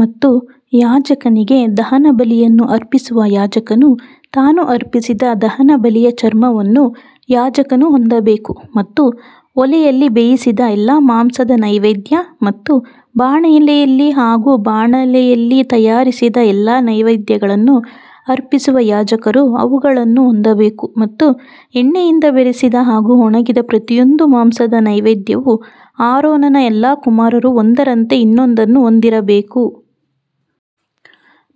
ಮತ್ತು ಯಾಜಕನಿಗೆ ದಹನಬಲಿಯನ್ನು ಅರ್ಪಿಸುವ ಯಾಜಕನು ತಾನು ಅರ್ಪಿಸಿದ ದಹನಬಲಿಯ ಚರ್ಮವನ್ನು ಯಾಜಕನು ಹೊಂದಬೇಕು. ಮತ್ತು ಒಲೆಯಲ್ಲಿ ಬೇಯಿಸಿದ ಎಲ್ಲಾ ಮಾಂಸದ ನೈವೇದ್ಯ ಮತ್ತು ಬಾಣಲೆಯಲ್ಲಿ ಹಾಗೂ ಬಾಣಲೆಯಲ್ಲಿ ತಯಾರಿಸಿದ ಎಲ್ಲಾ ನೈವೇದ್ಯಗಳನ್ನು ಅರ್ಪಿಸುವ ಯಾಜಕರು ಅವುಗಳನ್ನು ಹೊಂದಬೇಕು. ಮತ್ತು ಎಣ್ಣೆಯಿಂದ ಬೆರೆಸಿದ ಹಾಗೂ ಒಣಗಿದ ಪ್ರತಿಯೊಂದು ಮಾಂಸದ ನೈವೇದ್ಯವು ಆರೋನನ ಎಲ್ಲಾ ಕುಮಾರರು ಒಂದರಂತೆ ಇನ್ನೊಂದನ್ನು ಹೊಂದಿರಬೇಕು.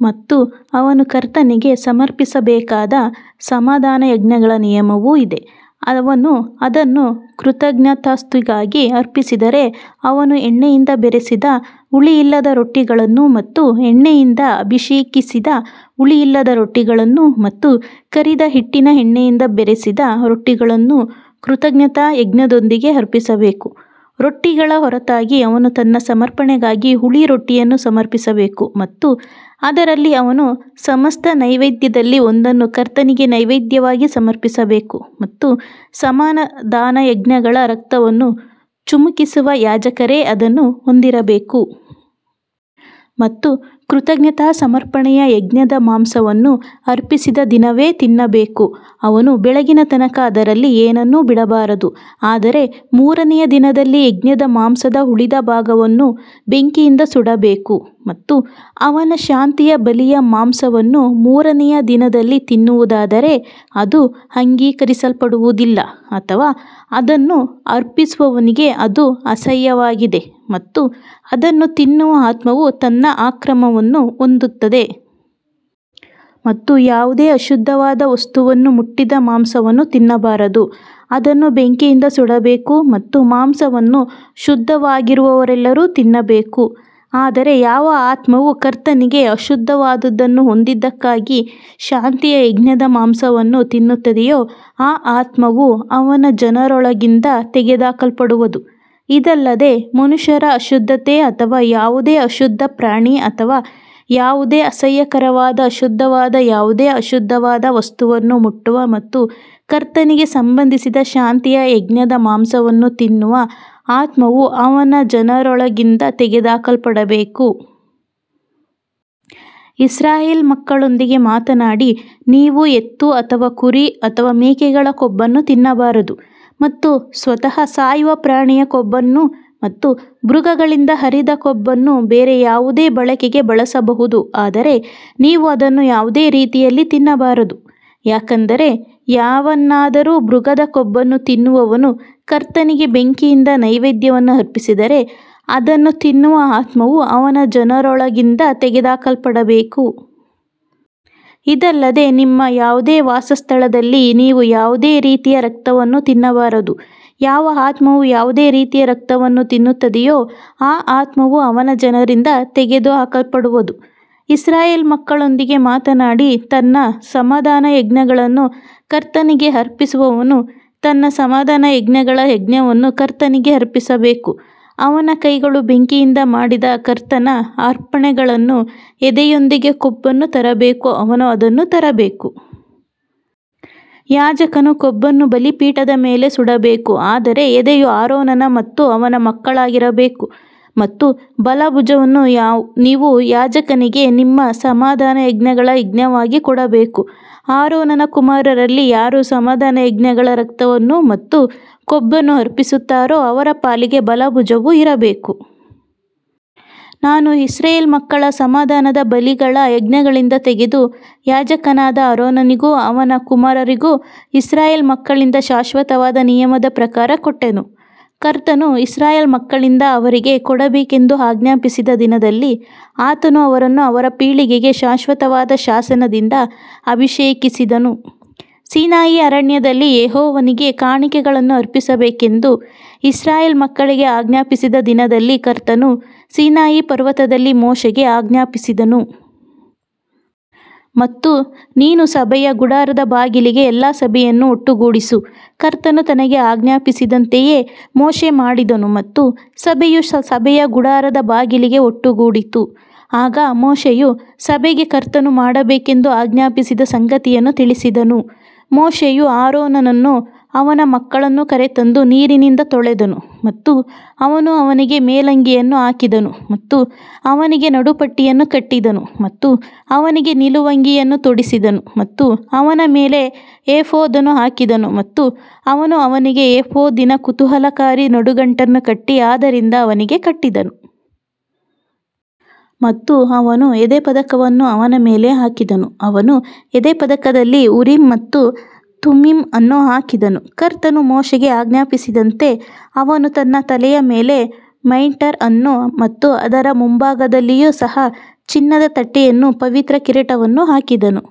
ಮತ್ತು ಅವನು ಕರ್ತನಿಗೆ ಸಮರ್ಪಿಸಬೇಕಾದ ಸಮಾಧಾನಯಜ್ಞಗಳ ನಿಯಮವು ಇದೇ. ಅವನು ಅದನ್ನು ಕೃತಜ್ಞತಾಸ್ತುತಿಗಾಗಿ ಅರ್ಪಿಸಿದರೆ ಅವನು ಎಣ್ಣೆಯಿಂದ ಬೆರೆಸಿದ ಹುಳಿಯಿಲ್ಲದ ರೊಟ್ಟಿಗಳನ್ನು ಮತ್ತು ಎಣ್ಣೆಯಿಂದ ಅಭಿಷೇಕಿಸಿದ ಹುಳಿಯಿಲ್ಲದ ರೊಟ್ಟಿಗಳನ್ನು ಮತ್ತು ಕರಿದ ಹಿಟ್ಟಿನ ಎಣ್ಣೆಯಿಂದ ಬೆರೆಸಿದ ರೊಟ್ಟಿಗಳನ್ನು ಕೃತಜ್ಞತಾ ಯಜ್ಞದೊಂದಿಗೆ ಅರ್ಪಿಸಬೇಕು. ರೊಟ್ಟಿಗಳ ಹೊರತಾಗಿ ಅವನು ತನ್ನ ಸಮರ್ಪಣೆಗಾಗಿ ಹುಳಿ ರೊಟ್ಟಿಯನ್ನು ಸಮರ್ಪಿಸಬೇಕು ಮತ್ತು ಅದರಲ್ಲಿ ಅವನು ಸಮಸ್ತ ನೈವೇದ್ಯದಲ್ಲಿ ಒಂದನ್ನು ಕರ್ತನಿಗೆ ನೈವೇದ್ಯವಾಗಿ ಸಮರ್ಪಿಸಬೇಕು ಮತ್ತು ಸಮಾಧಾನಯಜ್ಞಗಳ ರಕ್ತವನ್ನು ಚಿಮುಕಿಸುವ ಯಾಜಕರೇ ಅದನ್ನು ಹೊಂದಿರಬೇಕು. ಮತ್ತು ಕೃತಜ್ಞತಾ ಸಮರ್ಪಣೆಯ ಯಜ್ಞದ ಮಾಂಸವನ್ನು ಅರ್ಪಿಸಿದ ದಿನವೇ ತಿನ್ನಬೇಕು ಅವನು ಬೆಳಗಿನ ತನಕ ಅದರಲ್ಲಿ ಏನನ್ನೂ ಬಿಡಬಾರದು. ಆದರೆ ಮೂರನೆಯ ದಿನದಲ್ಲಿ ಯಜ್ಞದ ಮಾಂಸದ ಉಳಿದ ಭಾಗವನ್ನು ಬೆಂಕಿಯಿಂದ ಸುಡಬೇಕು. ಮತ್ತು ಅವನ ಶಾಂತಿಯ ಬಲಿಯ ಮಾಂಸವನ್ನು ಮೂರನೆಯ ದಿನದಲ್ಲಿ ತಿನ್ನುವುದಾದರೆ ಅದು ಅಂಗೀಕರಿಸಲ್ಪಡುವುದಿಲ್ಲ ಅಥವಾ ಅದನ್ನು ಅರ್ಪಿಸುವವನಿಗೆ ಅದು ಅಸಹ್ಯವಾಗಿದೆ ಮತ್ತು ಅದನ್ನು ತಿನ್ನುವ ಆತ್ಮವು ತನ್ನ ಅಕ್ರಮವನ್ನು ಹೊಂದುತ್ತದೆ. ಮತ್ತು ಯಾವುದೇ ಅಶುದ್ಧವಾದ ವಸ್ತುವನ್ನು ಮುಟ್ಟಿದ ಮಾಂಸವನ್ನು ತಿನ್ನಬಾರದು ಅದನ್ನು ಬೆಂಕಿಯಿಂದ ಸುಡಬೇಕು ಮತ್ತು ಮಾಂಸವನ್ನು ಶುದ್ಧವಾಗಿರುವವರೆಲ್ಲರೂ ತಿನ್ನಬೇಕು. ಆದರೆ ಯಾವ ಆತ್ಮವು ಕರ್ತನಿಗೆ ಅಶುದ್ಧವಾದದ್ದನ್ನು ಹೊಂದಿದ್ದಕ್ಕಾಗಿ ಶಾಂತಿಯ ಯಜ್ಞದ ಮಾಂಸವನ್ನು ತಿನ್ನುತ್ತದೆಯೋ ಆ ಆತ್ಮವು ಅವನ ಜನರೊಳಗಿಂದ ತೆಗೆದುಹಾಕಲ್ಪಡುವದು. ಇದಲ್ಲದೆ ಮನುಷ್ಯರ ಅಶುದ್ಧತೆ ಅಥವಾ ಯಾವುದೇ ಅಶುದ್ಧ ಪ್ರಾಣಿ ಅಥವಾ ಯಾವುದೇ ಅಸಹ್ಯಕರವಾದ ಅಶುದ್ಧವಾದ ಯಾವುದೇ ಅಶುದ್ಧವಾದ ವಸ್ತುವನ್ನು ಮುಟ್ಟುವ ಮತ್ತು ಕರ್ತನಿಗೆ ಸಂಬಂಧಿಸಿದ ಶಾಂತಿಯ ಯಜ್ಞದ ಮಾಂಸವನ್ನು ತಿನ್ನುವ ಆತ್ಮವು ಅವನ ಜನರೊಳಗಿಂದ ತೆಗೆದುಹಾಕಲ್ಪಡಬೇಕು. ಇಸ್ರಾಯೇಲ್ ಮಕ್ಕಳೊಂದಿಗೆ ಮಾತನಾಡಿ ನೀವು ಎತ್ತು ಅಥವಾ ಕುರಿ ಅಥವಾ ಮೇಕೆಗಳ ಕೊಬ್ಬನ್ನು ತಿನ್ನಬಾರದು. ಮತ್ತು ಸ್ವತಃ ಸಾಯುವ ಪ್ರಾಣಿಯ ಕೊಬ್ಬನ್ನು ಮತ್ತು ಮೃಗಗಳಿಂದ ಹರಿದ ಕೊಬ್ಬನ್ನು ಬೇರೆ ಯಾವುದೇ ಬಳಕೆಗೆ ಬಳಸಬಹುದು ಆದರೆ ನೀವು ಅದನ್ನು ಯಾವುದೇ ರೀತಿಯಲ್ಲಿ ತಿನ್ನಬಾರದು. ಯಾಕಂದರೆ ಯಾವನಾದರೂ ಮೃಗದ ಕೊಬ್ಬನ್ನು ತಿನ್ನುವವನು ಕರ್ತನಿಗೆ ಬೆಂಕಿಯಿಂದ ನೈವೇದ್ಯವನ್ನು ಅರ್ಪಿಸಿದರೆ ಅದನ್ನು ತಿನ್ನುವ ಆತ್ಮವು ಅವನ ಜನರೊಳಗಿಂದ ತೆಗೆದುಹಾಕಲ್ಪಡಬೇಕು. ಇದಲ್ಲದೆ ನಿಮ್ಮ ಯಾವುದೇ ವಾಸಸ್ಥಳದಲ್ಲಿ ನೀವು ಯಾವುದೇ ರೀತಿಯ ರಕ್ತವನ್ನು ತಿನ್ನಬಾರದು. ಯಾವ ಆತ್ಮವು ಯಾವುದೇ ರೀತಿಯ ರಕ್ತವನ್ನು ತಿನ್ನುತ್ತದೆಯೋ ಆ ಆತ್ಮವು ಅವನ ಜನರಿಂದ ತೆಗೆದುಹಾಕಲ್ಪಡುವದು. ಇಸ್ರಾಯೇಲ್ ಮಕ್ಕಳೊಂದಿಗೆ ಮಾತನಾಡಿ ತನ್ನ ಸಮಾಧಾನಯಜ್ಞಗಳನ್ನು ಕರ್ತನಿಗೆ ಅರ್ಪಿಸುವವನು ತನ್ನ ಸಮಾಧಾನಯಜ್ಞಗಳ ಯಜ್ಞವನ್ನು ಕರ್ತನಿಗೆ ಅರ್ಪಿಸಬೇಕು. ಅವನ ಕೈಗಳು ಬೆಂಕಿಯಿಂದ ಮಾಡಿದ ಕರ್ತನ ಅರ್ಪಣೆಗಳನ್ನು ಎದೆಯೊಂದಿಗೆ ಕೊಬ್ಬನ್ನು ತರಬೇಕು ಅವನು ಅದನ್ನು ತರಬೇಕು. ಯಾಜಕನು ಕೊಬ್ಬನ್ನು ಬಲಿಪೀಠದ ಮೇಲೆ ಸುಡಬೇಕು ಆದರೆ ಎದೆಯು ಆರೋನನ ಮತ್ತು ಅವನ ಮಕ್ಕಳಾಗಿರಬೇಕು. ಮತ್ತು ಬಲ ಭುಜವನ್ನು ನೀವು ಯಾಜಕನಿಗೆ ನಿಮ್ಮ ಸಮಾಧಾನಯಜ್ಞಗಳ ಯಜ್ಞವಾಗಿ ಕೊಡಬೇಕು. ಆರೋನನ ಕುಮಾರರಲ್ಲಿ ಯಾರು ಸಮಾಧಾನಯಜ್ಞಗಳ ರಕ್ತವನ್ನು ಮತ್ತು ಕೊಬ್ಬನ್ನು ಅರ್ಪಿಸುತ್ತಾರೋ ಅವರ ಪಾಲಿಗೆ ಬಲ ಭುಜವು ಇರಬೇಕು. ನಾನು ಇಸ್ರಾಯೇಲ್ ಮಕ್ಕಳ ಸಮಾಧಾನದ ಬಲಿಗಳ ಯಜ್ಞಗಳಿಂದ ತೆಗೆದು ಯಾಜಕನಾದ ಆರೋನನಿಗೂ ಅವನ ಕುಮಾರರಿಗೂ ಇಸ್ರಾಯೇಲ್ ಮಕ್ಕಳಿಂದ ಶಾಶ್ವತವಾದ ನಿಯಮದ ಪ್ರಕಾರ ಕೊಟ್ಟೆನು. ಕರ್ತನು ಇಸ್ರಾಯೇಲ್ ಮಕ್ಕಳಿಂದ ಅವರಿಗೆ ಕೊಡಬೇಕೆಂದು ಆಜ್ಞಾಪಿಸಿದ ದಿನದಲ್ಲಿ ಆತನು ಅವರನ್ನು ಅವರ ಪೀಳಿಗೆಗೆ ಶಾಶ್ವತವಾದ ಶಾಸನದಿಂದ ಅಭಿಷೇಕಿಸಿದನು. ಸೀನಾಯಿ ಅರಣ್ಯದಲ್ಲಿ ಯೆಹೋವನಿಗೆ ಕಾಣಿಕೆಗಳನ್ನು ಅರ್ಪಿಸಬೇಕೆಂದು ಇಸ್ರಾಯೇಲ್ ಮಕ್ಕಳಿಗೆ ಆಜ್ಞಾಪಿಸಿದ ದಿನದಲ್ಲಿ ಕರ್ತನು ಸೀನಾಯಿ ಪರ್ವತದಲ್ಲಿ ಮೋಶೆಗೆ ಆಜ್ಞಾಪಿಸಿದನು. ಮತ್ತು ನೀನು ಸಭೆಯ ಗುಡಾರದ ಬಾಗಿಲಿಗೆ ಎಲ್ಲಾ ಸಭೆಯನ್ನು ಒಟ್ಟುಗೂಡಿಸು. ಕರ್ತನು ತನಗೆ ಆಜ್ಞಾಪಿಸಿದಂತೆಯೇ ಮೋಶೆ ಮಾಡಿದನು ಮತ್ತು ಸಭೆಯು ಸಭೆಯ ಗುಡಾರದ ಬಾಗಿಲಿಗೆ ಒಟ್ಟುಗೂಡಿತು. ಆಗ ಮೋಶೆಯು ಸಭೆಗೆ ಕರ್ತನು ಮಾಡಬೇಕೆಂದು ಆಜ್ಞಾಪಿಸಿದ ಸಂಗತಿಯನ್ನು ತಿಳಿಸಿದನು. ಮೋಶೆಯು ಆರೋನನನ್ನೂ ಅವನ ಮಕ್ಕಳನ್ನೂ ಕರೆತಂದು ನೀರಿನಿಂದ ತೊಳೆದನು ಮತ್ತು ಅವನು ಅವನಿಗೆ ಮೇಲಂಗಿಯನ್ನು ಹಾಕಿದನು ಮತ್ತು ಅವನಿಗೆ ನಡುಪಟ್ಟಿಯನ್ನು ಕಟ್ಟಿದನು ಮತ್ತು ಅವನಿಗೆ ನಿಲುವಂಗಿಯನ್ನು ತೊಡಿಸಿದನು ಮತ್ತು ಅವನ ಮೇಲೆ ಏಫೋದನ್ನು ಹಾಕಿದನು ಮತ್ತು ಅವನು ಅವನಿಗೆ ಏಫೋದಿನ ಕುತೂಹಲಕಾರಿ ನಡುಕಟ್ಟನ್ನು ಕಟ್ಟಿ ಅದರಿಂದ ಅವನಿಗೆ ಕಟ್ಟಿದನು. ಮತ್ತು ಅವನು ಎದೆಪದಕವನ್ನು ಅವನ ಮೇಲೆ ಹಾಕಿದನು ಅವನು ಎದೆಪದಕದಲ್ಲಿ ಉರೀಮ್ ಮತ್ತು ತುಮ್ಮೀಮ್ ಅನ್ನು ಹಾಕಿದನು. ಕರ್ತನು ಮೋಶೆಗೆ ಆಜ್ಞಾಪಿಸಿದಂತೆ ಅವನು ತನ್ನ ತಲೆಯ ಮೇಲೆ ಮೈಟರ್ ಅನ್ನು ಮತ್ತು ಅದರ ಮುಂಭಾಗದಲ್ಲಿಯೂ ಸಹ ಚಿನ್ನದ ತಟ್ಟೆಯನ್ನು ಪವಿತ್ರ ಕಿರೀಟವನ್ನು ಹಾಕಿದನು.